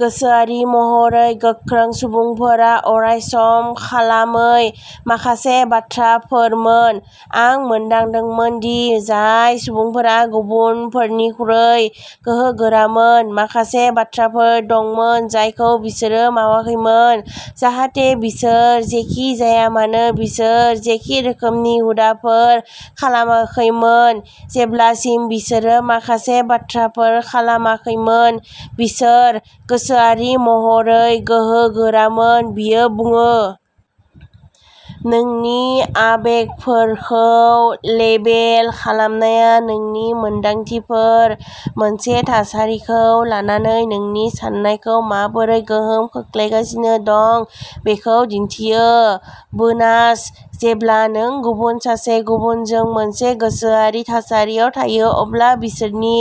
गोसोआरि महरै गोख्रों सुबुंफोरा अरायसम खालामै माखासे बाथ्राफोरमोन। "आं मोनदांदोंमोन दि जाय सुबुंफोरा गुबुनफोरनिख्रुइ गोहोगोरामोन, माखासे बाथ्राफोर दंमोन जायखौ बिसोरो मावाखैमोन, जाहाथे बिसोर जेखि जाया मानो बिसोर जेखि रोखोमनि हुदाफोर खालामाखैमोन, जेब्लासिम बिसोरो माखासे बाथ्राफोर खालामाखैमोन, बिसोर गोसोआरि महरै गोहोगोरामोन", बियो बुङो। नोंनि आबेगफोरखौ लेबेल खालामनाया नोंनि मोनदांथिफोरा मोनसे थासारिखौ लानानै नोंनि साननायखौ माबोरै गोहोम खोख्लैगासिनो दं बेखौ दिन्थियो। बोनासः जेब्ला नों गुबुन सासे सुबुंजों मोनसे गोसोआरि थासारियाव थायो, अब्ला बिसोरनि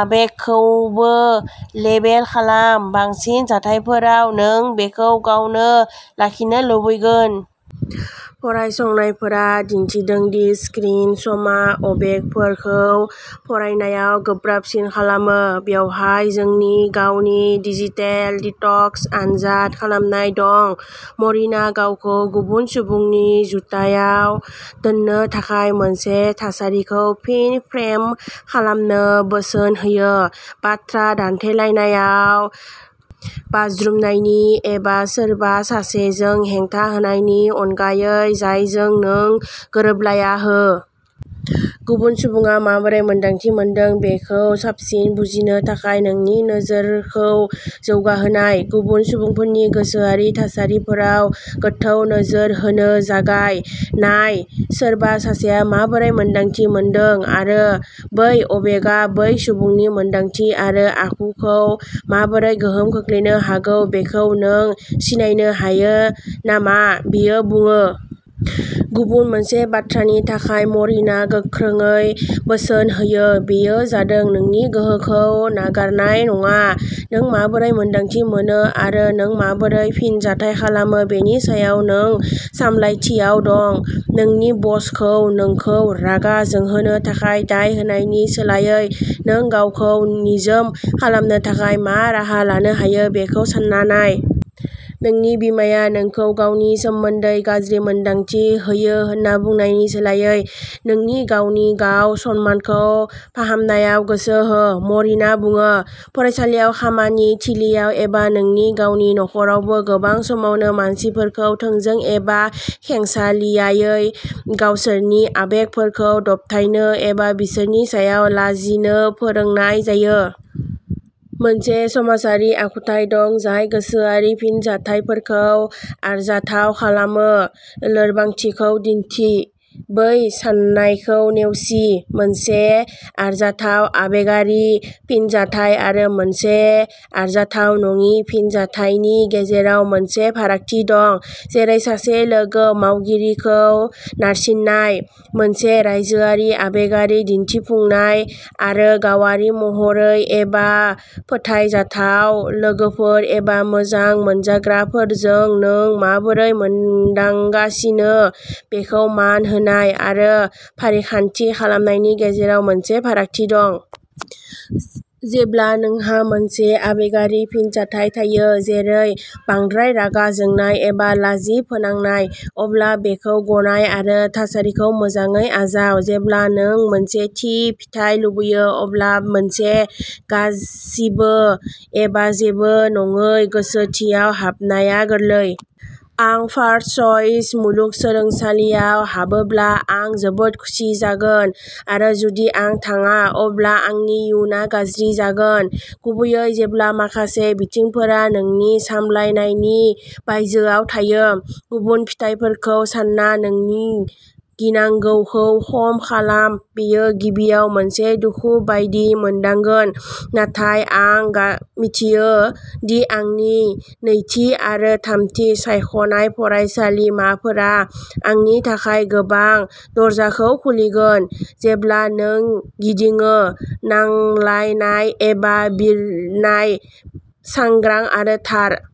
आबेगखौबो लेबेल खालाम। बांसिन जाथायफोराव, नों बेखौ गावनो लाखिनो लुबैगोन। फरायसंनायफोरा दिन्थिदों दि स्क्रिन समा आबेगफोरखौ फरायनायाव गोब्राबसिन खालामो। बेवहाय जोंनि गावनि डिजिटेल डिटक्स आनजाद खालामनाय दं। मरिनआ गावखौ गुबुन सुबुंनि जुथायाव दोननो थाखाय मोनसे थासारिखौ फिन फ्रेम खालामनो बोसोन होयो। "बाथ्रा दान्थेलायनायाव बाज्रुमनायनि एबा सोरबा सासेजों हेंथा होनायनि अनगायै जायजों नों गोरोबलाया हो। गुबुन सुबुङा माबोरै मोन्दांथि मोनदों बेखौ साबसिन बुजिनो थाखाय नोंनि नोजोरखौ जौगाहोनाय। "गुबुन सुबुंफोरनि गोसोआरि थासारिफोराव गोथौ नोजोर होनो जागाय। नाय सोरबा सासेआ माबोरै मोन्दांथि मोनदों आरो बै आबेगआ बै सुबुंनि मोनदांथि आरो आखुखौ माबोरै गोहोम खोख्लैनो हागौ बेखौ नों सिनायनो हायो नामा", बियो बुङो। गुबुन मोनसे बाथ्रानि थाखाय मरिनआ गोख्रोङै बोसोन होयो, बेयो जादों नोंनि गोहोखौ नागारनाय नङा। नों माबोरै मोन्दांथि मोनो आरो नों माबोरै फिनजाथाय खालामो बेनि सायाव नों सामलायथियाव दं। "नोंनि बसखौ नोंखौ रागा जोंहोनो थाखाय दाय होनायनि सोलायै, नों गावखौ निजोम खालामनो थाखाय मा राहा लानो हायो बेखौ सान्ना नाय। नोंनि बिमाया नोंखौ गावनि सोमोन्दै गाज्रि मोन्दांथि होयो होन्ना बुंनायनि सोलायै, नोंनि गावनि गाव-सनमानखौ फाहामनायाव गोसो हो", मरिनआ बुङो। फरायसालियाव खामानि थिलिआव एबा नोंनि गावनि नख'रावबो, गोबां समावनो मानसिफोरखौ थोंजों एबा खेंसालियायै गावसोरनि आबेगफोरखौ दबथायनो एबा बिसोरनि सायाव लाजिनो फोरोंनाय जायो। मोनसे समाजारि आखुथाय दं जाय गोसोआरि फिनजाथायफोरखौ आरजाथाव खालामो। लोरबांथिखौ दिन्थि। बै साननायखौ नेवसि। मोनसे आरजाथाव आबेगारि फिनजाथाय आरो मोनसे आरजाथाव नङि फिनजाथायनि गेजेराव मोनसे फारागथि दं, जेरै सासे लोगो मावगिरिखौ नारसिन्नाय। मोनसे रायजोआरि आबेगारि दिन्थिफुंनाय आरो गावारि महरै एबा फोथायजाथाव लोगोफोर एबा मोजां मोनजाग्राफोरजों नों माबोरै मोनदांगासिनो बेखौ मान होनाय आरो फारिखान्थि खालामनायनि गेजेराव मोनसे फारागथि दं। जेब्ला नोंहा मोनसे आबेगारि फिनजाथाय थायो, जेरै बांद्राय रागा जोंनाय एबा लाजि फोनांनाय, अब्ला बेफोरखौ गनाय आरो थासारिखौ मोजाङै आजाव। जेब्ला नों मोनसे थि फिथाय लुबैयो, अब्ला मोनसे गासिबो एबा जेबो नङै गोसोथियाव हाबनाया गोरलै। आं फार्स्टचइस मुलुगसोलोंसालियाव हाबोब्ला आं जोबोद खुसि जागोन आरो जुदि आं थाङा अब्ला आंनि इयुनआ गाज्रि जागोन। गुबैयै जेब्ला माखासे बिथिंफोरा नोंनि सामलायनायनि बायजोआव थायो, गुबुन फिथायफोरखौ सानना नोंनि गिनांगौखौ खम खालाम बेयो गिबियाव मोनसे दुखु बायदि मोनदांगोन, नाथाय आं मिथियो दि आंनि नैथि आरो थामथि सायख'नाय फरायसालिमाफोरा आंनि थाखाय गोबां दरजाखौ खुलिगोन। जेब्ला नों गिदिङो, नांलायनाय एबा बिरनाय सांग्रां आरो थार।